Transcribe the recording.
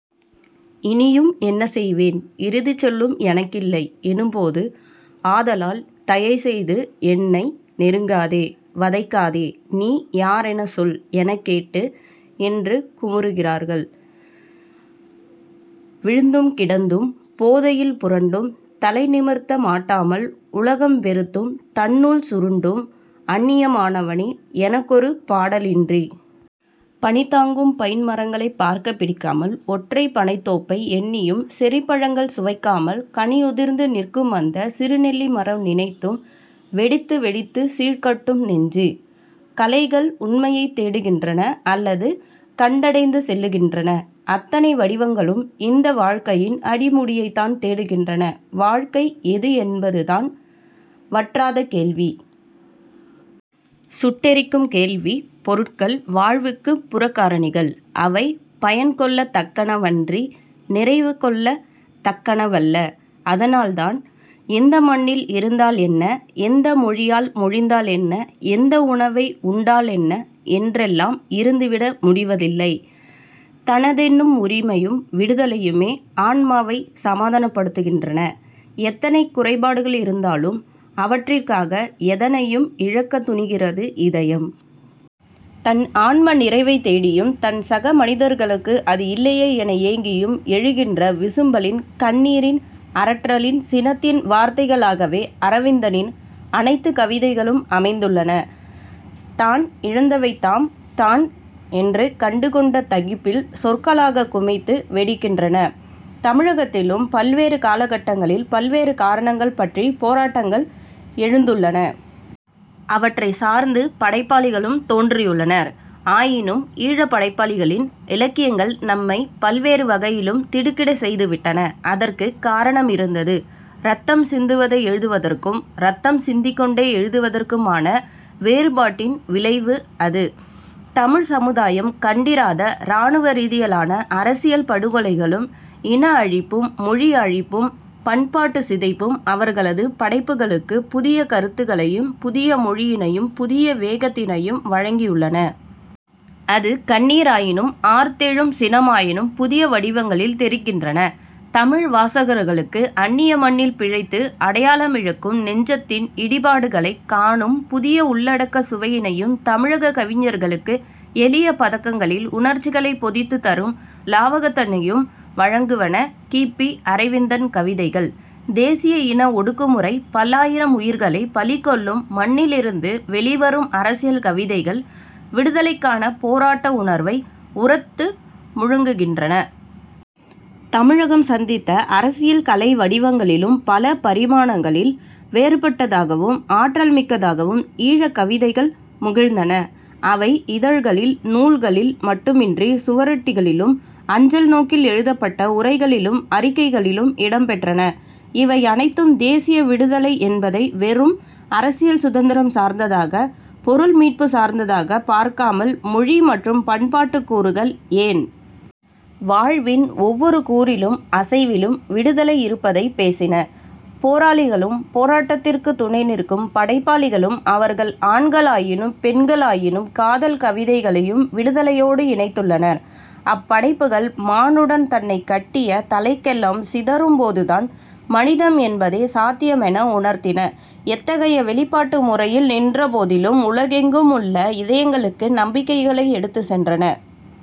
"இனியும் என்ன செல்வேன் இறுதிச் செல்லும் எனக்கில்லை எனும்போது... ஆதலால் தயைசெய்து என்னை நெருக்காதே வதைக்காதே 'நீ யாரெனச் சொல்' எனக் கேட்டு... " என்று குமுறுகிறார்கள். "விழுந்தும் கிடந்தும் போதையில் புரண்டும் தலைநிமிர்த்த மாட்டாமல் உலகம் வெறுத்தும் தன்னுள் சுருண்டும் அந்நியமாவனோ எனக்கொரு பாடலின்றி....! பனிதாங்கும் பைன்மரங்களைப் பார்க்கப் பிடிக்காமல் ஒற்றைப் பனைத்தோப்பை எண்ணியும் செர்ரிப்பழங்கள் சுவைக்காமல் கனியுதிர்த்து நிற்குமந்த சிறுநெல்லி மரம் நினைத்தும் வெடித்துவெடித்துச் சீழ்கட்டும் நெஞ்சு. கலைகள் உண்மையைத் தேடுகின்றன அல்லது கண்டடைந்து சொல்லுகின்றன. அத்தனை வடிவங்களும் இந்த வாழ்க்கையின் அடிமுடியைத்தான் தேடுகின்றன. வாழ்க்கை எது என்பதுதான் வற்றாத கேள்வி. சுட்டெரிக்கும் கேள்வி. பொருட்கள் வாழ்வுக்குப் புறக்காரணிகள். அவை பயன்கொள்ளத் தக்கனவன்றி நிறைவுகொள்ளத் தக்கனவல்ல. அதனால்தான் எந்த மண்ணில் இருந்தால் என்ன? எந்த மொழியால் மொழிந்தால் என்ன? எந்த உணவை உண்டாலென்ன? என்றெல்லாம் இருந்துவிட முடிவதில்லை. தனதென்னும் உரிமையும் விடுதலையுமே ஆன்மாவைச் சமாதானப்படுத்துகின்றன. எத்தனை குறைபாடுகளிருந்தாலும் அவற்றிக்காக எதனையும் இழக்கத் துணிகிறது இதயம். தன் ஆன்ம நிறைவைத் தேடியும், தன் சகமனிதர்களுக்கு அது இல்லையே என ஏங்கியும் எழுகின்ற விசும்பலின், கண்ணீரின், அரற்றலின், சினத்தின் வார்த்தைகளாகவே அரவிந்தனின் அனைத்துக் கவிதைகளும் அமைந்துள்ளன. தான் இழந்தவைதாம் 'தான்' என்று கண்டுகொண்ட தகிப்பில் சொற்களாகக் குமைந்து வெடிக்கின்றன. தமிழகத்திலும் பல்பேறு காலகட்டங்களில் பல்வேறு காரணங்கள் பற்றிப் போராட்டங்கள் எழுந்துள்ளன. அவற்றைச் சார்ந்து படைப்பாளிகளும் தோன்றியுள்ளனர். ஆயினும் ஈழப் படைப்பாளிகளின் இலக்கியங்கள் நம்மைப் பல்வேறு வகைகளிலும் திடுக்கிடச் செய்துவிட்டன. அதற்குக் காரணமிருந்தது. இரத்தம் சிந்துவதை எழுதுவதற்கும், இரத்தம் சிந்திக் கொண்டே எழுதுவதற்குமான வேறுபாட்டின் விளைவு அது. தமிழ்ச் சமுதாயம் கண்டிராத இராணுவ ரீதியிலான அரசியல் படுகொலைகளும், இன அழிப்பும், மொழியழிப்பும், பண்பாட்டுச் சிதைப்பும் அவர்களது படைப்புகளுக்குப் புதிய கருத்துக்களையும் புதிய மொழியினையும் புதிய வேகத்தினையும் வழங்கியுள்ளன. அது கண்ணீராயினும் ஆர்த்தெழும் சினமாயினும் புதிய வடிவங்களில் தெறிக்கின்றன. தமிழ் வாசகர்களுக்குஅன்னிய மண்ணில் பிழைத்து அடையாளமிழக்கும் நெஞ்சத்தின் இடிபாடுகளைக் காணும் புதிய உள்ளடக்கச் சுவையினையும் தமிழ்க் கவிஞர்களுக்கு எளிய பதங்களில் உணர்ச்சிகளைப் பொதித்துத் தரும் இலாவகத்தினையும் வழங்குவன கி. பி. அரவிந்தன் கவிதைகள். தேசிய இன ஒடுக்குமுறை பல்லாயிரம் உயிர்களைப் பலிகொள்ளும் மண்ணிலிருந்து வெளிவரும் அரசியல் கவிதைகள் விடுதலைக்கான போராட்ட உணர்வை உரத்து முழுங்குகின்றன. தமிழகம் சந்தித்த அரசியல் கலை வடிவங்களிலும் பல பரிமாணங்களில் வேறுபட்டதாகவும் ஆற்றல்மிக்கதாகவும் ஈழக் கவிதைகள் முகிழ்த்தன. அவை இதழ்களில், நூல்களில் மட்டுமன்றி, சுவரொட்டிகளிலும் அஞ்சலி நோக்கில் எழுதப்பட்ட உரைகளிலும் அறிக்கைகளிலும் இடம்பெற்றன. இவையனைத்தும், தேசிய விடுதலை என்பதை வெறும் அரசியல் சுதந்தரம் சார்ந்ததாக, பொருள் மீட்புச் சார்ந்ததாகப் பார்க்காமல் மொழி மற்றும் பண்பாட்டுக் கூறுகள், ஏன்? வாழ்வின் ஒவ்வொரு கூறிலும் அசைவிலும் விடுதலை இருப்பதைப் பேசின. போராளிகளும் போராட்டத்திற்குத் துணைநிற்கும் படைப்பாளிகளும் அவர்கள் ஆண்களாயினும் பெண்களாயினும் காதல் கவிதைகளையும் விடுதலையோடு இணைத்துள்ளனர். அப்படைப்புகள் 'மானுடன் தன்னைக் கட்டிய தளைகளெல்லாம் சிதறும்' போதுதான் 'மனிதம்' என்பதே சாத்தியம் என உணர்த்தின; எத்தகைய வெளிப்பாட்டு முறையில் நின்ற போதிலும் உலகெங்கும் உள்ள இதயங்களுக்கு நம்பிக்கைகளை எடுத்துச் சென்றன.